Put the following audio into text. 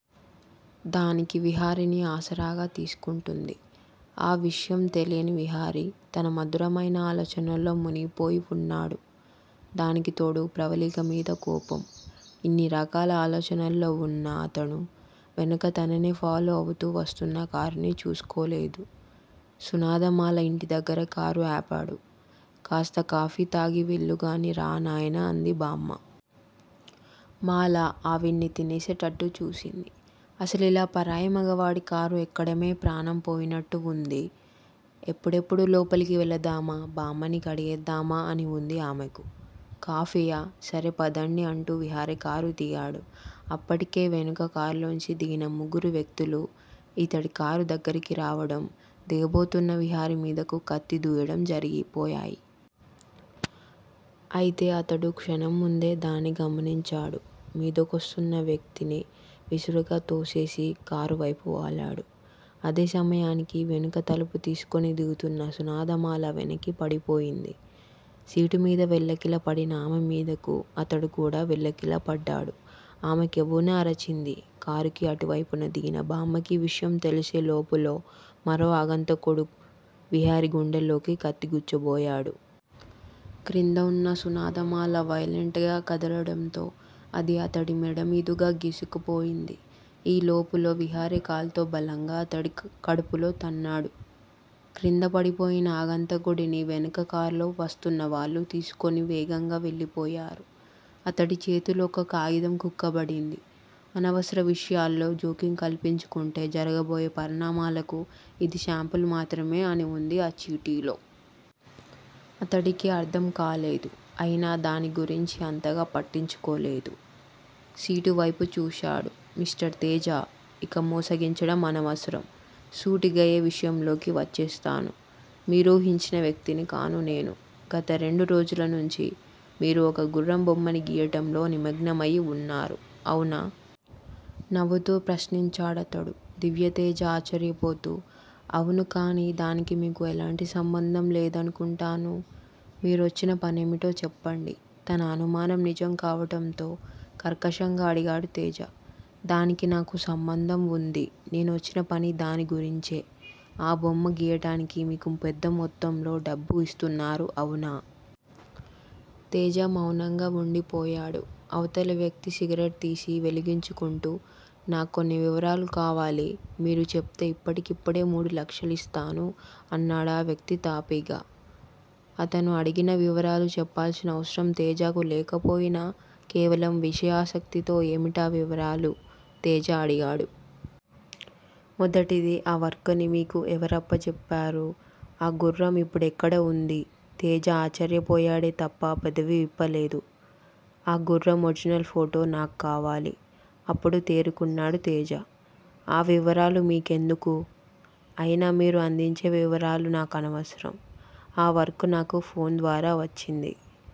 దానికి విహారిని ఆసరాగా తీసుకుంటుంది. ఆ విషయం తెలియని విహారి తన మధురమైన ఆలోచనల్లో మునిగిపోయి వున్నాడు. దానికితోడు ప్రవల్లికమీద కోపం. ఇన్ని రకాల ఆలోచనల్లో వున్న అతను- వెనుక తననే ఫాలో అవుతూ వస్తున్న కారుని చూసుకోలేదు. సునాదమాల ఇంటిదగ్గర కారు ఆపాడు. కాస్త కాఫీ తాగి వెళ్ళూగాని రా నాయనా అంది బామ్మ. మాల ఆవిడ్ని తినేసేటట్టు చూసింది. అసలిలా పరాయి మొగవాడి కారు ఎక్కడమే ప్రాణం పోయినట్టు వుంది. ఎప్పుడెప్పుడు లోపలికి వెళదామా- బామ్మని కడిగేద్దామా అని వుంది ఆమెకు. కాఫీయా- సరే పదండి అంటూ విహారి కారు దిగాడు. అప్పటికే వెనుక కారులోంచి దిగిన ముగ్గురు వ్యక్తులూ యితడి కారు దగ్గరికి రావడం, దిగబోతున్న విహారిమీదకు కత్తి దూయడం జరిగిపోయాయి. అయితే అతడు క్షణంముందే దాన్ని గమనించాడు. మీదకొస్తున్న వ్యక్తిని విసురుగా తోసేసి కారువైపు వాలాడు. అదే సమయానికి వెనుక తలుపు తీసుకొని దిగుతున్న సునాదమాల వెనక్కి పడిపోయింది. సీటుమీద వెల్లకిలా పడిన ఆమెమీదకు అతడు కూడా వెల్లకిలా పడ్డాడు. ఆమె కెవ్వున అరిచింది. కారుకి అటువైపున దిగిన బామ్మకీ విషయం తెలిసే లోపులో, మరో అగంతకుడు విహారి గుండెల్లోకి కత్తి గుచ్చబోయాడు. క్రిందవున్న సునాదమాల వయొలెంట్ గా కదలడంతో అది అతడి మెడమీదుగా గీసుకుపోయింది. ఈ లోపులో విహారి కాల్తో బలంగా అతడి కడుపులో తన్నాడు. క్రింద పడిపోయిన అగంతకుడిని వెనుక కారులో వస్తున్న వాళ్లు తీసుకుని వేగంగా వెళ్ళిపోయారు. అతడి చేతిలో ఒక కాగితం కుక్కబడింది. అనవసర విషయాల్లో జోక్యం కల్పించుకుంటే జరగబోయే పరిణామాలకు యిది శాంపిల్ మాత్రమే అని వుంది ఆ చీటీలో. అతడికి అర్ధంకాలేదు. అయినా దాన్ని గురించి అంతగా పట్టించుకోలేదు. సీటువైపు చూశాడు. మిస్టర్ తేజా! ఇక మోసగించటం అనవసరం. సూటిగయే విషయంలోకి వచ్చేస్తాను. మీరూహించిన వ్యక్తిని కాను నేను. గత రెండు రోజుల నుంచి మీరు ఒక గుర్రం బొమ్మని గీయటంలో నిమగ్నమయి వున్నారు. అవునా? నవ్వుతూ ప్రశ్నించాడతడు. దివ్యతేజ ఆశ్చర్యపోతూ అవును కానీ దానికి మీకు ఎలాంటి సంబంధం లేదనుకుంటాను. మీరొచ్చిన పనేమిటో చెప్పండి తన అనుమానం నిజం కావటంతో కర్కశంగా అడిగాడు తేజ. దానికి నాకు సంబంధం వుంది. నేనొచ్చిన పని దాని గురించే ఆ బొమ్మ గీయడానికి మీకు పెద్ద మొత్తంలో డబ్బు ఇస్తున్నారు అవునా? తేజ మౌనంగా వుండి పోయాడు. అవతల వ్యక్తి సిగరెట్ తీసి వెలిగించుకుంటూ నాక్కొన్ని వివరాలు కావాలి మీరు చెప్తే ఇప్పటికిప్పుడే మూడు లక్షలిస్తాను అన్నాడా వ్యక్తి తాపీగా. అతను అడిగిన వివరాలు చెప్పాల్సిన అవసరం తేజకు లేకపోయినా కేవలం విషయాసక్తితో ఏమిటా వివరాలు? తేజ అడిగాడు. మొదటిది ఆ వర్కుని మీకు ఎవరప్పజెప్పారు? ఆ గుర్రం ఇప్పుడెక్కడ ఉంది తేజ ఆశ్చర్యపోయాడే తప్ప పెదవి విప్పలేదు. ఆ గుర్రం ఒరిజనల్ ఫోటో నాక్కావాలి అప్పుడు తేరుకున్నాడు తేజ. ఆ వివరాలు మీకెందుకు? అయినా మీరు అందించే వివరాలు నాకనవసరం. ఆ వర్కు నాకు ఫోన్ ద్వారా వచ్చింది.